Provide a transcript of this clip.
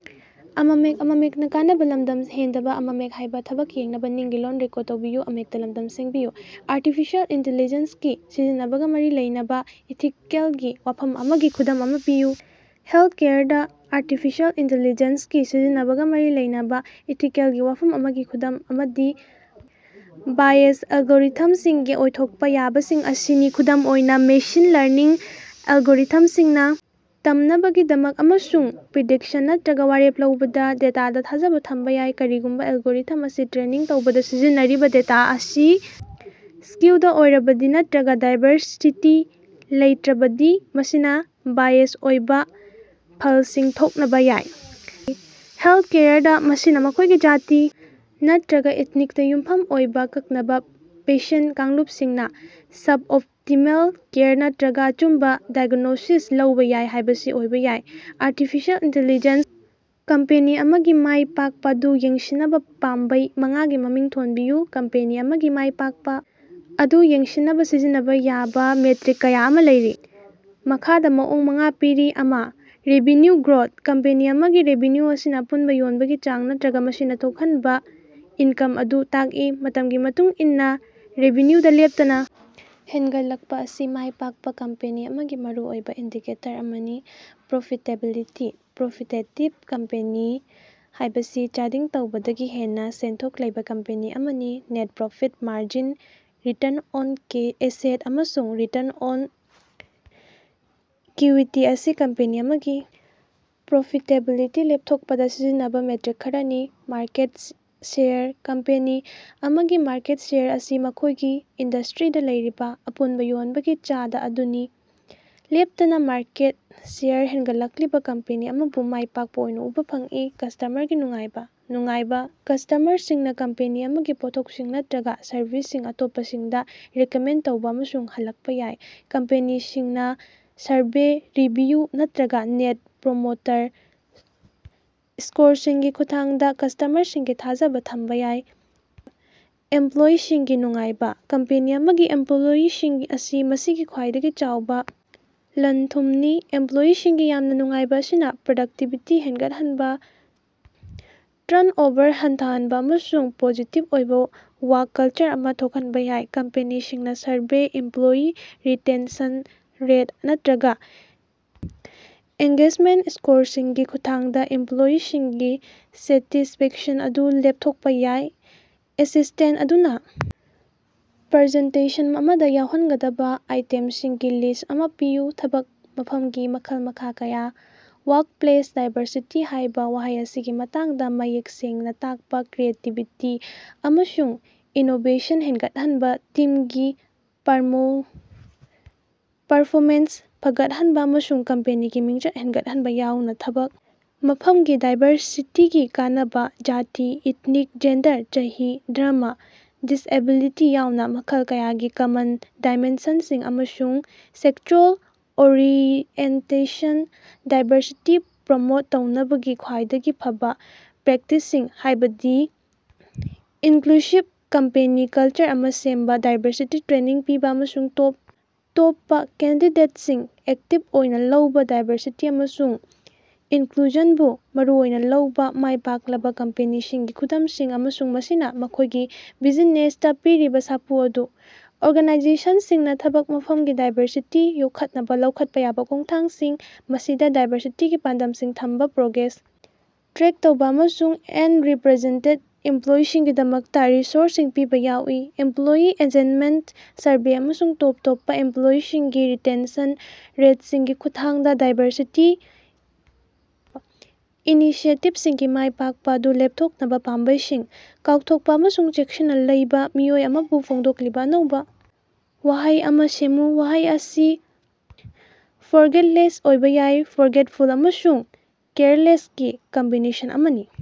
Artificial intelligence ꯒꯤ ꯁꯤꯖꯤꯟꯅꯕꯒ ꯃꯔꯤ ꯂꯩꯅꯕ ꯏꯊꯤꯀꯦꯜꯒꯤ ꯋꯥꯐꯝ ꯑꯃꯒꯤ ꯈꯨꯗꯝ ꯑꯃ ꯄꯤꯌꯨ꯫ ꯍꯦꯜꯊꯀꯦꯌꯔꯗ ꯑꯥꯔꯇꯤꯐꯤꯁꯤꯑꯦꯜ ꯏꯟꯇꯦꯜꯂꯤꯖꯦꯟꯁꯒꯤ ꯁꯤꯖꯤꯟꯅꯕꯒ ꯃꯔꯤ ꯂꯩꯅꯕ ꯏꯊꯤꯀꯦꯂꯒꯤ ꯋꯥꯐꯝ ꯑꯃꯒꯤ ꯈꯨꯗꯝ ꯑꯃꯗꯤ ꯕꯥꯏꯑꯦꯖ ꯑꯦꯂꯒꯣꯔꯤꯊꯝꯁꯤꯡꯒꯤ ꯑꯣꯏꯊꯣꯛꯄ ꯌꯥꯕꯁꯤꯡ ꯑꯁꯤꯅꯤ꯫ ꯈꯨꯗꯝ ꯑꯣꯏꯅ, ꯃꯦꯁꯤꯟ ꯂ꯭ꯔꯅꯤꯡ ꯑꯦꯂꯒꯣꯔꯤꯊꯝꯁꯤꯡꯅ ꯇꯝꯅꯕꯒꯤꯗꯃꯛ ꯑꯃꯁꯨꯡ ꯄ꯭ꯔꯤꯗꯤꯛꯁꯟ ꯅꯠꯇꯔꯒ ꯋꯥꯔꯦꯞ ꯂꯧꯕꯗ ꯗꯦꯇꯥꯗ ꯊꯥꯖꯕ ꯊꯝꯕ ꯌꯥꯏ꯫ ꯀꯔꯤꯒꯨꯝꯕ ꯑꯦꯜꯒꯣꯔꯤꯊꯝ ꯑꯁꯤ ꯇ꯭ꯔꯦꯅꯤꯡ ꯇꯧꯕꯗ ꯁꯤꯖꯤꯟꯅꯔꯤꯕ ꯗꯦꯇꯥ ꯑꯁꯤ ꯁ꯭ꯀ꯭ꯌꯨꯗ ꯑꯣꯏꯔꯕꯗꯤ ꯅꯠꯇꯔꯒ ꯗꯥꯏꯕꯔꯁꯤꯇꯤ ꯂꯩꯠꯔꯕꯗꯤ ꯃꯁꯤꯅ ꯕꯥꯏꯑꯦꯖ ꯑꯣꯏꯕ ꯐꯜꯁꯤꯡ ꯊꯣꯛꯅꯕ ꯌꯥꯏ꯫ ꯍꯦꯜꯊꯀꯦꯌꯔꯗ, ꯃꯁꯤꯅ ꯃꯈꯣꯏꯒꯤ ꯖꯥꯇꯤ ꯅꯠꯇꯔꯒ ꯏꯊꯅꯤꯛꯇ ꯌꯨꯝꯐꯝ ꯑꯣꯏꯕ ꯑꯀꯛꯅꯕ ꯄꯦꯁꯦꯟꯠ ꯀꯥꯡꯂꯨꯄꯁꯤꯡꯅ ꯁꯕ-ꯑꯣꯞꯇꯤꯃꯦꯜ ꯀꯦꯌꯔ ꯅꯠꯇꯔꯒ ꯑꯆꯨꯝꯕ ꯗꯥꯏꯒꯅꯣꯁꯤꯁ ꯂꯧꯕ ꯌꯥꯏ ꯍꯥꯏꯕꯁꯤ ꯑꯣꯏꯕ ꯌꯥꯏ꯫ ꯑꯔꯇꯤꯐꯤꯁꯤꯑꯦꯜ ꯏꯟꯇꯦꯜꯂꯤꯖꯦꯟꯁ ꯀꯝꯄꯦꯅꯤ ꯑꯃꯒꯤ ꯃꯥꯏ ꯄꯥꯛꯄ ꯑꯗꯨ ꯌꯦꯡꯁꯤꯟꯅꯕ ꯄꯥꯝꯕꯩ ꯃꯉꯥꯒꯤ ꯃꯃꯤꯡ ꯊꯣꯟꯕꯤꯌꯨ꯫ ꯀꯝꯄꯦꯅꯤ ꯑꯃꯒꯤ ꯃꯥꯏ ꯄꯥꯛꯄ ꯑꯗꯨ ꯌꯦꯡꯁꯤꯟꯅꯕ ꯁꯤꯖꯤꯟꯅꯕ ꯌꯥꯕ ꯃꯦꯇ꯭ꯔꯤꯛ ꯀꯌꯥ ꯑꯃꯥ ꯂꯩꯔꯤ꯫ ꯃꯈꯥꯗꯥ ꯃꯑꯣꯡ ꯃꯉꯥ ꯄꯤꯔꯤ: ꯑꯃ꯬ ꯔꯦꯚꯤꯅ꯭ꯌꯨ ꯒ꯭ꯔꯣꯊ: ꯀꯝꯄꯦꯅꯤ ꯑꯃꯒꯤ ꯔꯦꯚꯤꯅ꯭ꯌꯨ ꯑꯁꯤꯅ ꯑꯄꯨꯟꯕ ꯌꯣꯟꯕꯒꯤ ꯆꯥꯡ ꯅꯠꯇꯔꯒ ꯃꯁꯤꯅ ꯊꯣꯛꯍꯟꯕ ꯏꯟꯀꯝ ꯑꯗꯨ ꯇꯥꯀꯏ꯫ ꯃꯇꯝꯒꯤ ꯃꯇꯨꯡ ꯏꯟꯅ ꯔꯦꯚꯤꯅ꯭ꯌꯨꯗ ꯂꯦꯞꯇꯅ ꯍꯦꯟꯒꯠꯂꯛꯄ ꯑꯁꯤ ꯃꯥꯏ ꯄꯥꯛꯄ ꯀꯝꯄꯦꯅꯤ ꯑꯃꯒꯤ ꯃꯔꯨꯑꯣꯏꯕ ꯏꯟꯗꯤꯀꯦꯇꯔ ꯑꯃꯅꯤ꯫ ꯄ꯭ꯔꯣꯐꯤꯇꯦꯕꯤꯂꯤꯇꯤ: ꯄ꯭ꯔꯣꯐꯤꯇꯦꯇꯤꯕ ꯀꯝꯄꯦꯅꯤ ꯍꯥꯏꯕꯁꯤ ꯆꯥꯗꯤꯡ ꯇꯧꯕꯗꯒꯤ ꯍꯦꯟꯅ ꯁꯦꯟꯊꯣꯛ ꯂꯩꯕ ꯀꯝꯄꯦꯅꯤ ꯑꯃꯅꯤ꯫ Net profit margin, return on asset, ꯑꯃꯁꯨꯡ ꯔꯤꯇ꯭ꯔꯟ ꯑꯣꯟ ꯏꯀ꯭ꯋꯤꯇꯤ ꯑꯁꯤ ꯀꯝꯄꯦꯅꯤ ꯑꯃꯒꯤ ꯄ꯭ꯔꯣꯐꯤꯇꯦꯕꯤꯂꯤꯇꯤ ꯂꯦꯞꯊꯣꯛꯄꯗ ꯁꯤꯖꯤꯟꯅꯕ ꯃꯦꯇ꯭ꯔꯤꯛ ꯈꯔꯅꯤ꯫ ꯃꯥꯔꯀꯦꯠ ꯁꯦꯌꯔ: ꯀꯝꯄꯦꯅꯤ ꯑꯃꯒꯤ ꯃꯥꯔꯀꯦꯠ ꯁꯦꯌꯔ ꯑꯁꯤ ꯃꯈꯣꯏꯒꯤ ꯏꯟꯗ꯭ꯁꯇ꯭ꯔꯤꯗ ꯂꯩꯔꯤꯕ ꯑꯄꯨꯟꯕ ꯌꯣꯟꯕꯒꯤ ꯆꯥꯗ ꯑꯗꯨꯅꯤ꯫ ꯂꯦꯞꯇꯅ ꯃꯥꯔꯀꯦꯠ ꯁꯦꯌꯔ ꯍꯦꯟꯒꯠꯂꯛꯂꯤꯕ ꯀꯝꯄꯦꯅꯤ ꯑꯃꯕꯨ ꯃꯥꯏ ꯄꯥꯛꯄ ꯑꯣꯏꯅ ꯎꯕ ꯐꯪꯏ꯫ ꯀ꯭ꯁꯇꯃ꯭ꯔꯒꯤ ꯅꯨꯡꯉꯥꯏꯕ: ꯅꯨꯡꯉꯥꯏꯕ ꯀ꯭ꯁꯇꯃ꯭ꯔꯁꯤꯡꯅ ꯀꯝꯄꯦꯅꯤ ꯑꯃꯒꯤ ꯄꯣꯠꯊꯣꯛꯁꯤꯡ ꯅꯠꯇꯔꯒ ꯁꯔꯕꯤꯁꯁꯤꯡ ꯑꯇꯣꯞꯄꯁꯤꯡꯗ ꯔꯤꯀꯃꯦꯟꯗ ꯇꯧꯕꯥ ꯑꯃꯁꯨꯡ ꯍꯜꯂꯛꯄ ꯌꯥꯏ꯫ ꯀꯝꯄꯦꯅꯤꯁꯤꯡꯅ ꯁꯔꯚꯦ, ꯔꯤꯚꯤꯌꯨ, ꯅꯠꯇꯔꯒ ꯅꯦꯠ ꯄ꯭ꯔꯣꯃꯣꯇꯔ ꯁ꯭ꯀꯣꯔꯁꯤꯡꯒꯤ ꯈꯨꯠꯊꯥꯡꯗ ꯀ꯭ꯁꯇꯃ꯭ꯔꯁꯤꯡꯒꯤ ꯊꯥꯖꯕ ꯊꯝꯕ ꯌꯥꯏ꯫ ꯑꯦꯝꯄ꯭ꯂꯣꯌꯤꯁꯤꯡꯒꯤ ꯅꯨꯡꯉꯥꯏꯕ: ꯀꯝꯄꯦꯅꯤ ꯑꯃꯒꯤ ꯏꯝꯄ꯭ꯂꯣꯌꯤꯁꯤꯡ ꯑꯁꯤ ꯃꯁꯤꯒꯤ ꯈ꯭ꯋꯥꯏꯗꯒꯤ ꯆꯥꯎꯕ ꯂꯟ-ꯊꯨꯝꯅꯤ꯫ ꯑꯦꯝꯄ꯭ꯂꯣꯌꯤꯁꯤꯡꯒꯤ ꯌꯥꯝꯅ ꯅꯨꯡꯉꯥꯏꯕ ꯑꯁꯤꯅ ꯄ꯭ꯔꯗꯛꯇꯤꯚꯤꯇꯤ ꯍꯦꯟꯒꯠꯍꯟꯕ, ꯇ꯭ꯔꯟꯑꯣꯚꯔ ꯍꯟꯊꯍꯟꯕ ꯑꯃꯁꯨꯡ ꯄꯣꯖꯤꯇꯤꯚ ꯑꯣꯏꯕ ꯋꯥ꯭ꯔꯛ ꯀꯜꯆꯔ ꯑꯃꯥ ꯊꯣꯛꯍꯟꯕ ꯌꯥꯏ꯫ ꯀꯝꯄꯅꯤꯁꯤꯡꯅꯥ ꯁꯔꯚꯦ, ꯏꯝꯄ꯭ꯂꯣꯌꯤ ꯔꯤꯇꯦꯟꯁꯟ ꯔꯦꯠ, ꯅꯠꯇꯔꯒ ꯑꯦꯡꯒꯦꯖꯃꯦꯟꯠ ꯁ꯭ꯀꯣꯔꯁꯤꯡꯒꯤ ꯈꯨꯠꯊꯥꯡꯗ ꯏꯝꯄ꯭ꯂꯣꯌꯤꯁꯤꯡꯒꯤ ꯁꯦꯇꯤꯁꯐꯦꯛꯁꯟ ꯑꯗꯨ ꯂꯦꯞꯊꯣꯛꯄ ꯌꯥꯏ꯫ ꯑꯦꯁꯤꯁ꯭ꯇꯦꯟꯠ ꯑꯗꯨꯅ ꯄ꯭ꯔꯖꯦꯟꯇꯦꯁꯟ ꯑꯃꯗ ꯌꯥꯎꯍꯟꯒꯗꯕ ꯑꯥꯏꯇꯦꯝꯁꯤꯡꯒꯤ ꯂꯤꯁ꯭ꯠ ꯑꯃꯥ ꯄꯤꯌꯨ꯫ ꯊꯕꯛ ꯃꯐꯝꯒꯤ ꯃꯈꯜ-ꯃꯈꯥ ꯀꯌꯥ꯫ "ꯋꯥ꯭ꯔꯛꯄ꯭ꯂꯦꯁ ꯗꯥꯏꯕꯔꯁꯤꯇꯤ" ꯍꯥꯏꯕ ꯋꯥꯍꯩ ꯑꯁꯤꯒꯤ ꯃꯇꯥꯡꯗ ꯃꯌꯦꯛ ꯁꯦꯡꯅ ꯇꯥꯛꯄ ꯀ꯭ꯔꯤꯌꯦꯇꯤꯕꯤꯇꯤ ꯑꯃꯁꯨꯡ ꯏꯅꯣꯕꯦꯁꯟ ꯍꯦꯟꯒꯠꯍꯟꯕ, ꯇꯤꯝꯒꯤ ꯄꯔꯃꯣ ꯄꯔꯐꯣꯃꯦꯟꯁ ꯐꯒꯠꯍꯟꯕ, ꯑꯃꯁꯨꯡ ꯀꯝꯄꯦꯅꯤꯒꯤ ꯃꯤꯡꯆꯠ ꯍꯦꯟꯒꯠꯍꯟꯕ ꯌꯥꯎꯅ ꯊꯕꯛ ꯃꯐꯝꯒꯤ ꯗꯥꯏꯕꯔꯁꯤꯇꯤꯒꯤ ꯀꯥꯟꯅꯕ ꯖꯥꯇꯤ, ꯏꯊꯅꯤꯛ, ꯖꯦꯟꯗꯔ, ꯆꯍꯤ, ꯙꯔꯃ, ꯗꯤꯁꯑꯦꯕꯤꯂꯤꯇꯤ ꯌꯥꯎꯅ ꯃꯈꯜ ꯀꯌꯥꯒꯤ ꯀꯃꯟ ꯗꯥꯏꯃꯦꯟꯁꯟꯁꯤꯡ ꯑꯃꯁꯨꯡ ꯁꯦꯛꯁꯨꯑꯦꯜ ꯑꯣꯔꯤꯑꯦꯟꯇꯦꯁꯟ ꯗꯥꯏꯕꯔꯁꯤꯇꯤ ꯄ꯭ꯔꯃꯣꯠ ꯇꯧꯅꯕꯒꯤ ꯈ꯭ꯋꯥꯏꯗꯒꯤ ꯐꯕ ꯄ꯭ꯔꯦꯛꯇꯤꯁꯁꯤꯡ, ꯍꯥꯏꯕꯗꯤ ꯏꯟꯀ꯭ꯂꯨꯁꯤꯚ ꯀꯝꯄꯅꯤ ꯀꯜꯆꯔ ꯑꯃꯥ ꯁꯦꯝꯕ, ꯗꯥꯏꯕꯔꯁꯤꯇꯤ ꯇ꯭ꯔꯦꯅꯤꯡ ꯄꯤꯕ, ꯑꯃꯁꯨꯡ ꯇꯣꯞ ꯇꯣꯞꯄ ꯀꯦꯟꯗꯤꯗꯦꯠꯁꯤꯡ ꯑꯦꯛꯇꯤꯞ ꯑꯣꯏꯅ ꯂꯧꯕ ꯗꯥꯏꯕꯔꯁꯤꯇꯤ ꯑꯃꯁꯨꯡ ꯏꯟꯀ꯭ꯂꯨꯖꯟꯕꯨ ꯃꯔꯨꯑꯣꯏꯅ ꯂꯧꯕ ꯃꯥꯏꯄꯥꯛꯂꯕ ꯀꯝꯄꯅꯤꯁꯤꯡꯒꯤ ꯈꯨꯗꯝꯁꯤꯡ, ꯑꯃꯁꯨꯡ ꯃꯁꯤꯅ ꯃꯈꯣꯏꯒꯤ ꯕꯤꯖꯤꯅꯦꯁꯇ ꯄꯤꯔꯤꯕ ꯁꯥꯐꯨ ꯑꯗꯨ꯫ ꯑꯣꯔꯒꯅꯥꯏꯖꯦꯁꯟꯁꯤꯡꯅ ꯊꯕꯛ ꯃꯐꯝꯒꯤ ꯗꯥꯏꯕꯔꯁꯤꯇꯤ ꯌꯣꯛꯈꯠꯅꯕ ꯂꯧꯈꯠꯄ ꯌꯥꯕ ꯈꯣꯡꯊꯥꯡꯁꯤꯡ, ꯃꯁꯤꯗ ꯗꯥꯏꯕꯔꯁꯤꯇꯤꯒꯤ ꯄꯥꯟꯗꯝꯁꯤꯡ ꯊꯝꯕ, ꯄ꯭ꯔꯣꯒ꯭ꯔꯦꯁ ꯇ꯭ꯔꯦꯛ ꯇꯧꯕ, ꯑꯃꯁꯨꯡ ꯑꯟꯔꯤꯄ꯭ꯔꯦꯖꯦꯟꯇꯦꯗ ꯏꯝꯄ꯭ꯂꯣꯌꯤꯁꯤꯡꯒꯤꯗꯃꯛꯇ ꯔꯤꯁꯣꯔꯁꯁꯤꯡ ꯄꯤꯕ ꯌꯥꯎꯏ꯫ ꯑꯦꯝꯄ꯭ꯂꯣꯌꯤ ꯑꯦꯟꯖꯦꯟꯃꯦꯟꯠ ꯁꯔꯚꯦ ꯑꯃꯁꯨꯡ ꯇꯣꯞ ꯇꯣꯞꯄ ꯏꯝꯄ꯭ꯂꯣꯌꯤꯁꯤꯡꯒꯤ ꯔꯤꯇꯦꯟꯁꯟ ꯔꯦꯠꯁꯤꯡꯒꯤ ꯈꯨꯠꯊꯥꯡꯗ, ꯗꯥꯏꯕꯔꯁꯤꯇꯤ ꯏꯅꯤꯁꯤꯌꯦꯇꯤꯕꯁꯤꯡꯒꯤ ꯃꯥꯏ ꯄꯥꯛꯄ ꯑꯗꯨ ꯂꯦꯞꯊꯣꯛꯅꯕ ꯄꯥꯝꯕꯩꯁꯤꯡ꯫ ꯀꯥꯎꯊꯣꯛꯄ ꯑꯃꯁꯨꯡ ꯆꯦꯛꯁꯤꯟꯅ ꯂꯩꯕ ꯃꯤꯑꯣꯏ ꯑꯃꯕꯨ ꯐꯣꯡꯗꯣꯛꯂꯤꯕ ꯑꯅꯧꯕ ꯋꯥꯍꯩ ꯑꯃꯥ ꯁꯦꯝꯃꯨ꯫ ꯋꯥꯍꯩ ꯑꯁꯤ "ꯐ꯭ꯣꯔꯒꯦꯠꯂꯦꯁ" ꯑꯣꯏꯕ ꯌꯥꯏ "ꯐ꯭ꯣꯔꯒꯦꯠꯐꯨꯜ" ꯑꯃꯁꯨꯡ "ꯀꯦꯌꯔꯂꯦꯁ" ꯀꯤ ꯀꯝꯕꯤꯅꯦꯁꯟ ꯑꯃꯅꯤ꯫